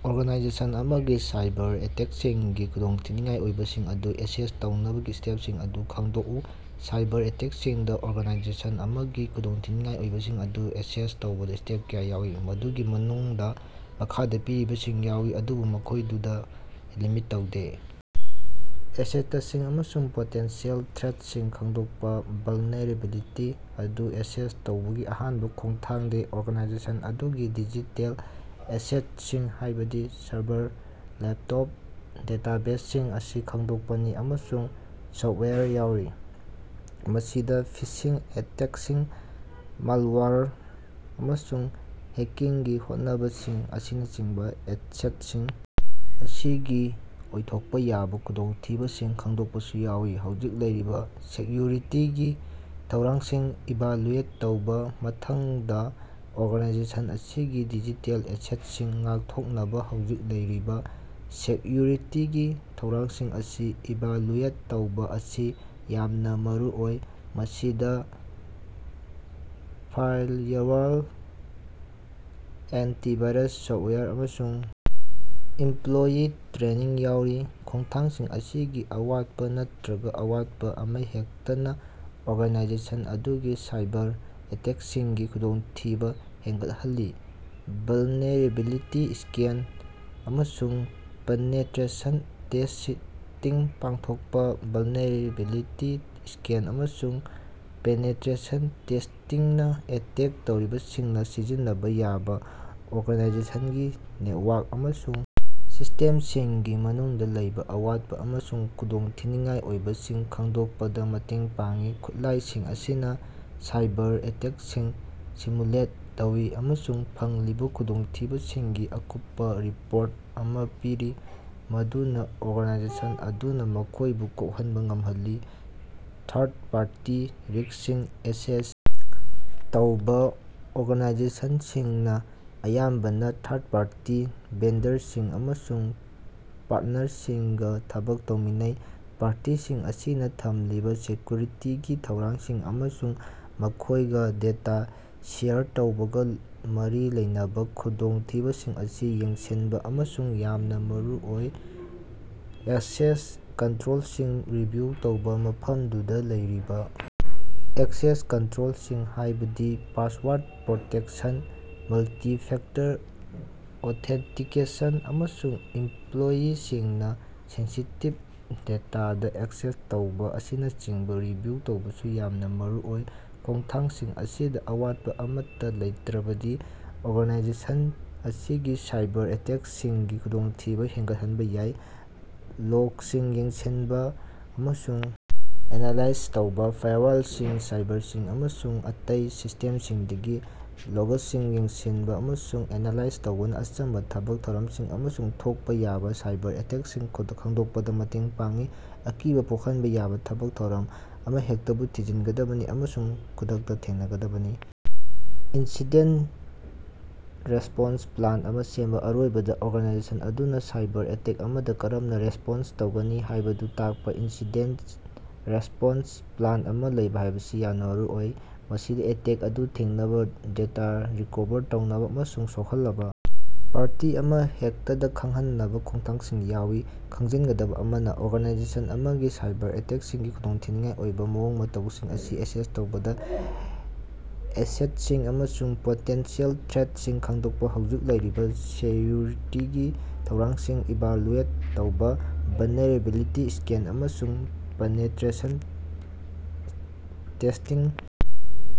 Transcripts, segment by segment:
Organisation ꯑꯃꯒꯤ cyber ꯑꯦꯇꯦꯛꯁꯤꯡꯒꯤ ꯈꯨꯗꯣꯡꯊꯤꯅꯤꯉꯥꯏ ꯑꯣꯏꯕꯁꯤꯡ ꯑꯗꯨ ꯑꯦꯁꯦꯁ ꯇꯧꯅꯕꯒꯤ ꯁ꯭ꯇꯦꯞꯁꯤꯡ ꯑꯗꯨ ꯈꯪꯗꯣꯛꯎ꯫ ꯁꯥꯏꯕꯔ ꯑꯦꯇꯦꯛꯁꯤꯡꯗꯥ ꯑꯣꯔꯒꯥꯅꯥꯏꯖꯦꯁꯟ ꯑꯃꯒꯤ ꯈꯨꯗꯣꯡꯊꯤꯅꯤꯉꯥꯏ ꯑꯣꯏꯕꯁꯤꯡ ꯑꯗꯨ ꯑꯦꯁꯦꯁ ꯇꯧꯕꯗꯥ ꯁ꯭ꯇꯦꯞ ꯀꯌꯥ ꯌꯥꯎꯏ꯫ ꯃꯈꯣꯏꯗꯨꯒꯤ ꯃꯅꯨꯡꯗꯥ ꯃꯈꯥꯗꯥ ꯄꯤꯔꯤꯕꯁꯤꯡꯁꯤ ꯌꯥꯎꯏ, ꯑꯗꯨꯕꯨ ꯃꯈꯣꯏꯗꯨꯗ ꯂꯤꯃꯤꯠ ꯇꯧꯗꯦ: ꯑꯦꯁꯦꯇꯁꯤꯡ ꯑꯃꯁꯨꯡ ꯄꯣꯇꯦꯟꯁꯤꯑꯦꯜ ꯊ꯭ꯔꯦꯠꯁꯤꯡ ꯈꯪꯗꯣꯛꯄꯥ: ꯚꯂꯅꯦꯔꯦꯕꯤꯂꯤꯇꯤ ꯑꯗꯨ ꯑꯦꯁꯦꯁ ꯇꯧꯕꯒꯤ ꯑꯍꯥꯟꯕ ꯈꯣꯡꯊꯥꯡꯗꯤ ꯑꯣꯔꯒꯥꯅꯥꯏꯖꯦꯁꯟ ꯑꯗꯨꯒꯤ ꯗꯤꯖꯤꯇꯦꯜ ꯑꯦꯁꯦꯇꯁꯤꯡ, ꯍꯥꯏꯕꯗꯤ ꯁꯔꯚꯔ, ꯂꯦꯞ ꯇꯣꯞ, ꯗꯦꯇꯥꯕꯦꯖꯁꯤꯡ ꯑꯁꯤ ꯈꯪꯗꯣꯛꯄꯅꯤ꯫ꯑꯃꯁꯨꯡ ꯁꯣꯐꯋꯦꯌꯔ ꯌꯥꯎꯔꯤ꯫ ꯃꯁꯤꯗ ꯐꯤꯁꯤꯡ ꯑꯦꯇꯦꯛꯁꯤꯡ, ꯃꯥꯜꯋꯥꯌꯔ, ꯑꯃꯁꯨꯡ ꯍꯦꯀꯤꯡꯒꯤ ꯍꯣꯠꯅꯕꯁꯤꯡ ꯑꯁꯤꯅꯆꯤꯡꯕ ꯑꯦꯁꯦꯠꯁꯤꯡ ꯑꯁꯤꯒꯤ ꯑꯣꯏꯊꯣꯛꯄ ꯌꯥꯕ ꯈꯨꯗꯣꯡꯊꯤꯕꯁꯤꯡ ꯈꯪꯗꯣꯛꯄꯁꯨ ꯌꯥꯎꯏ꯫ ꯍꯧꯖꯤꯛ ꯂꯩꯔꯤꯕꯥ ꯁꯦꯛꯌꯨꯔꯤꯇꯤꯒꯤ ꯊꯧꯔꯥꯡꯁꯤꯡ ꯏꯚꯥꯂꯨꯑꯦꯠ ꯇꯧꯕꯥ: ꯃꯊꯪꯗꯥ ꯑꯣꯔꯒꯅꯥꯏꯖꯦꯁꯟ ꯑꯁꯤꯒꯤ ꯗꯤꯖꯤꯇꯦꯜ ꯑꯦꯁꯦꯠꯁꯤꯡ ꯉꯥꯛꯊꯣꯛꯅꯕꯥ ꯍꯧꯖꯤꯛ ꯂꯩꯔꯤꯕꯥ ꯁꯦꯛꯌꯨꯔꯤꯇꯤꯒꯤ ꯊꯧꯔꯥꯡꯁꯤꯡ ꯑꯁꯤ ꯏꯚꯥꯂꯨꯑꯦꯠ ꯇꯧꯕꯥ ꯑꯁꯤ ꯌꯥꯝꯅꯥ ꯃꯔꯨꯑꯣꯏ꯫ ꯃꯁꯤꯗꯥ ꯐꯥꯏꯌꯔꯋꯥꯜ, ꯑꯦꯟꯇꯤꯚꯥꯏꯔꯁ ꯁꯣꯐꯋꯥꯌꯔ, ꯑꯃꯁꯨꯡ ꯏꯝꯄꯂꯣꯌꯤ ꯇ꯭ꯔꯦꯅꯤꯡ ꯌꯥꯎꯔꯤ꯫ ꯈꯣꯡꯊꯥꯡꯁꯤꯡ ꯑꯁꯤꯒꯤ ꯑꯋꯥꯠꯄ ꯅꯠꯇ꯭ꯔꯒꯥ ꯑꯋꯥꯠꯄꯥ ꯑꯃꯍꯦꯛꯇꯅ ꯑꯣꯔꯒꯥꯅꯥꯏꯖꯦꯁꯟ ꯑꯗꯨꯒꯤ ꯁꯥꯏꯕꯔ ꯑꯦꯇꯦꯛꯁꯤꯡꯒꯤ ꯈꯨꯗꯣꯡꯊꯤꯕ ꯍꯦꯟꯒꯠꯍꯜꯂꯤ꯫ ꯚꯂꯅꯦꯔꯦꯕꯤꯂꯤꯇꯤ ꯁ꯭ꯀꯦꯟ ꯑꯃꯁꯨꯡ ꯄꯦꯅꯦꯇꯔꯦꯁꯟ ꯇꯦꯁꯇꯤꯡ ꯄꯥꯡꯊꯣꯛꯄꯥ: ꯚꯜꯅꯦꯔꯦꯕꯤꯂꯤꯇꯤ ꯁ꯭ꯀꯦꯟ ꯑꯃꯁꯨꯡ ꯄꯦꯅꯦꯇꯔꯦꯁꯟ ꯇꯦꯁꯇꯤꯡꯅ ꯑꯦꯇꯦꯛ ꯇꯧꯔꯤꯕꯁꯤꯡꯅ ꯁꯤꯖꯤꯟꯅꯕ ꯌꯥꯕꯥ ꯑꯣꯔꯒꯥꯅꯥꯏꯖꯦꯁꯟꯒꯤ ꯅꯦꯠꯋꯥꯔꯛ ꯑꯃꯁꯨꯡ ꯁꯤꯁꯇꯦꯝꯁꯤꯡꯒꯤ ꯃꯅꯨꯡꯗ ꯂꯩꯕ ꯑꯋꯥꯠꯄ ꯑꯃꯁꯨꯡ ꯈꯨꯗꯣꯡꯊꯤꯅꯤꯉꯥꯏ ꯑꯣꯏꯕꯁꯤꯡ ꯈꯪꯗꯣꯛꯄꯗ ꯃꯇꯦꯡ ꯄꯥꯡꯏ꯫ ꯈꯨꯠꯂꯥꯏꯁꯤꯡ ꯑꯁꯤꯅ ꯁꯥꯏꯕꯔ ꯑꯦꯇꯦꯛꯁꯤꯡ ꯁꯤꯃꯨꯂꯦꯠ ꯇꯧꯏ ꯑꯃꯁꯨꯡ ꯐꯪꯂꯤꯕꯥ ꯈꯨꯗꯣꯡꯊꯤꯕꯁꯤꯡꯒꯤ ꯑꯀꯨꯞꯄꯥ ꯔꯤꯄꯣꯔꯠ ꯑꯃꯥ ꯄꯤꯔꯤ, ꯃꯗꯨꯅꯥ ꯑꯣꯔꯒꯥꯅꯥꯏꯖꯦꯁꯟ ꯑꯗꯨꯅ ꯃꯈꯣꯏꯕꯨ ꯀꯣꯛꯍꯟꯕ ꯉꯝꯍꯜꯂꯤ꯫ ꯊꯥꯔꯠ ꯄꯥꯔꯇꯤ ꯔꯤꯛꯁꯁꯤꯡ ꯑꯦꯁꯦꯁ ꯇꯧꯕꯥ: ꯑꯣꯔꯒꯥꯅꯥꯏꯖꯦꯁꯟꯁꯤꯡꯅ ꯑꯌꯥꯝꯕꯅ ꯊꯥꯔꯠꯄꯥꯔꯇꯤ ꯚꯦꯟꯗꯔꯁꯤꯡ ꯑꯃꯁꯨꯡ ꯄꯥꯔꯠꯅꯔꯁꯤꯡꯒꯥ ꯊꯕꯛ ꯇꯧꯃꯤꯟꯅꯩ꯫ ꯄꯥꯔꯇꯤꯁꯤꯡ ꯑꯁꯤꯅꯥ ꯊꯝꯂꯤꯕ ꯁꯦꯀ꯭ꯌꯨꯔꯤꯇꯤꯒꯤ ꯊꯧꯔꯥꯡꯁꯤꯡ ꯑꯃꯁꯨꯡ ꯃꯈꯣꯏꯒ ꯗꯦꯇꯥ ꯁꯦꯌꯔ ꯇꯧꯕꯒ ꯃꯔꯤ ꯂꯩꯅꯕꯥ ꯈꯨꯗꯣꯡꯊꯤꯕꯁꯤꯡ ꯑꯁꯤ ꯌꯦꯡꯁꯤꯟꯕ ꯑꯁꯤ ꯌꯥꯝꯅ ꯃꯔꯨꯑꯣꯏ꯫ ꯑꯦꯛꯁꯦꯁ ꯀꯟꯇ꯭ꯔꯣꯜꯁꯤꯡ ꯔꯤꯚꯤꯌꯨ ꯇꯧꯕ: ꯃꯐꯝꯗꯨꯗ ꯂꯩꯔꯤꯕ ꯑꯦꯛꯁꯦꯁ ꯀꯟꯇ꯭ꯔꯣꯜꯁꯤꯡ, ꯍꯥꯏꯕꯗꯤ ꯄꯥꯁꯋꯥꯔꯗ ꯄ꯭ꯔꯣꯇꯦꯛꯁꯟ, ꯃꯜꯇꯤ-ꯐꯦꯛꯇꯔ ꯑꯣꯊꯦꯟꯇꯤꯀꯦꯁꯟ, ꯑꯃꯁꯨꯡ ꯏꯝꯄꯂꯣꯌꯤꯁꯤꯡꯅ ꯁꯦꯟꯁꯤꯇꯤꯚ ꯗꯦꯇꯥꯗꯥ ꯑꯦꯛꯁꯦꯁ ꯇꯧꯕꯥ ꯑꯁꯤꯅꯆꯤꯡꯕ ꯔꯤꯚꯤꯌꯨ ꯇꯧꯕꯁꯨ ꯌꯥꯝꯅ ꯃꯔꯨꯑꯣꯏ꯫ ꯈꯣꯡꯊꯥꯡꯁꯤꯡ ꯑꯁꯤꯗꯥ ꯑꯋꯥꯠꯄꯥ ꯑꯃꯠꯇꯥ ꯂꯩꯇ꯭ꯔꯕꯗꯤ ꯑꯣꯔꯒꯅꯥꯏꯖꯦꯁꯟ ꯑꯁꯤꯒꯤ ꯁꯥꯏꯕꯔ ꯑꯦꯇꯦꯛꯁꯤꯡꯒꯤ ꯈꯨꯗꯣꯡꯊꯤꯕ ꯍꯦꯟꯒꯠꯍꯟꯕ ꯌꯥꯏ꯫ ꯂꯣꯒꯁꯤꯡ ꯌꯦꯡꯁꯤꯟꯕ ꯑꯃꯁꯨꯡ ꯑꯦꯅꯥꯂꯥꯏꯖ ꯇꯧꯕ: ꯐꯥꯏꯌꯔꯋꯥꯜꯁꯤꯡ, ꯁꯥꯏꯚꯔꯁꯤꯡ ꯑꯃꯁꯨꯡ ꯑꯇꯩ ꯁꯤꯁꯇꯦꯝꯁꯤꯡꯗꯒꯤ ꯂꯣꯒꯁꯤꯡ ꯌꯦꯡꯁꯤꯟꯕ ꯑꯃꯁꯨꯡ ꯑꯦꯅꯥꯂꯥꯏꯖ ꯇꯧꯕꯅ ꯑꯆꯝꯕ ꯊꯕꯛ ꯊꯧꯔꯝꯁꯤꯡ ꯑꯃꯁꯨꯡ ꯊꯣꯛꯄꯥ ꯌꯥꯕꯥ ꯁꯥꯏꯕꯔ ꯑꯦꯇꯦꯛꯁꯤꯡ ꯈꯪꯗꯣꯛꯄꯗ ꯃꯇꯦꯡ ꯄꯥꯡꯏ꯫ ꯑꯀꯤꯕ ꯄꯣꯛꯍꯟꯕ ꯌꯥꯕꯥ ꯊꯕꯛ ꯊꯧꯔꯝ ꯑꯃꯍꯦꯛꯇꯕꯨ ꯊꯤꯖꯤꯟꯒꯗꯕꯅꯤ ꯑꯃꯁꯨꯡ ꯈꯨꯗꯛꯇ ꯊꯦꯡꯅꯒꯗꯕꯅꯤ꯫ ꯏꯟꯁꯤꯗꯦꯟ ꯔꯦꯁꯄꯣꯟꯁ ꯄ꯭ꯂꯥꯟ ꯑꯃ ꯁꯦꯝꯕ: ꯑꯔꯣꯏꯕꯗ, ꯑꯣꯔꯒꯥꯅꯥꯏꯖꯦꯁꯟ ꯑꯗꯨꯅꯥ ꯁꯥꯏꯕꯔ ꯑꯦꯇꯦꯛ ꯑꯃꯗꯥ ꯀꯔꯝꯅ ꯔꯦꯁꯄꯣꯟꯁ ꯇꯧꯒꯅꯤ ꯍꯥꯏꯕꯗꯨ ꯇꯥꯛꯄ ꯏꯟꯁꯤꯗꯦꯟ ꯔꯦꯁ꯭ꯄꯣꯟꯁ ꯄ꯭ꯂꯥꯟ ꯑꯃ ꯂꯩꯕ ꯍꯥꯏꯕꯁꯤ ꯌꯥꯝꯅ ꯃꯔꯨꯑꯣꯏ꯫ ꯃꯁꯤꯗ ꯑꯦꯇꯦꯛ ꯑꯗꯨ ꯊꯤꯡꯅꯕꯥ, ꯗꯦꯇꯥ ꯔꯤꯀꯣꯚꯔ ꯇꯧꯅꯕ ꯑꯃꯁꯨꯡ ꯁꯣꯛꯍꯜꯂꯕ ꯄꯥꯔꯇꯤ ꯑꯃꯍꯦꯛꯇꯗꯥ ꯈꯪꯍꯟꯅꯕ ꯈꯣꯡꯊꯥꯡꯁꯤꯡ ꯌꯥꯎꯏ꯫ ꯈꯪꯖꯤꯟꯒꯗꯕ ꯑꯃꯅꯥ, ꯑꯣꯔꯒꯥꯅꯥꯏꯖꯦꯁꯟ ꯑꯃꯒꯤ ꯁꯥꯏꯕꯔ ꯑꯦꯇꯦꯛꯁꯤꯡꯒꯤ ꯈꯨꯗꯣꯡꯊꯤꯅꯤꯉꯥꯏ ꯑꯣꯏꯕ ꯃꯑꯣꯡ-ꯃꯇꯧꯁꯤꯡ ꯑꯁꯤ ꯑꯦꯁꯦꯁ ꯇꯧꯕꯗ, ꯑꯦꯁꯦꯇꯁꯤꯡ ꯑꯃꯁꯨꯡ ꯄꯣꯇꯦꯟꯁꯤꯑꯦꯜ ꯊ꯭ꯔꯦꯠꯁꯤꯡ ꯈꯪꯗꯣꯛꯄ, ꯍꯧꯖꯤꯛ ꯂꯩꯔꯤꯕ ꯁꯦꯛꯌꯨꯔꯤꯇꯤꯒꯤ ꯊꯧꯔꯥꯡꯁꯤꯡ ꯏꯚꯥꯜꯌꯨꯑꯦꯠ ꯇꯧꯕꯥ, ꯚꯅꯦꯔꯦꯕꯤꯂꯤꯇꯤ ꯁ꯭ꯀꯦꯟ ꯑꯃꯁꯨꯡ ꯄꯦꯅꯦꯇꯔꯦꯁꯟ ꯇꯦꯁ꯭ꯇꯤꯡ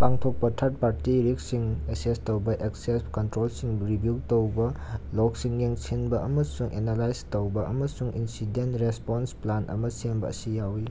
ꯄꯥꯡꯊꯣꯛꯄꯥ, ꯊꯥꯔꯠ ꯄꯥꯔꯇꯤ ꯔꯤꯛꯁꯁꯤꯡ ꯑꯦꯁꯦꯁ ꯇꯧꯕꯥ, ꯑꯦꯛꯁꯦꯁ ꯀꯟꯇ꯭ꯔꯣꯜꯁꯤꯡ ꯔꯤꯚꯤꯌꯨ ꯇꯧꯕ, ꯂꯣꯒꯁꯤꯡ ꯌꯦꯡꯁꯤꯟꯕ ꯑꯃꯁꯨꯡ ꯑꯦꯅꯥꯂꯥꯏꯖ ꯇꯧꯕ, ꯑꯃꯁꯨꯡ ꯏꯟꯁꯤꯗꯦꯟ ꯔꯦꯁꯄꯣꯟꯁ ꯄ꯭ꯂꯥꯟ ꯑꯃ ꯁꯦꯝꯕ ꯑꯁꯤ ꯌꯥꯎꯏ꯫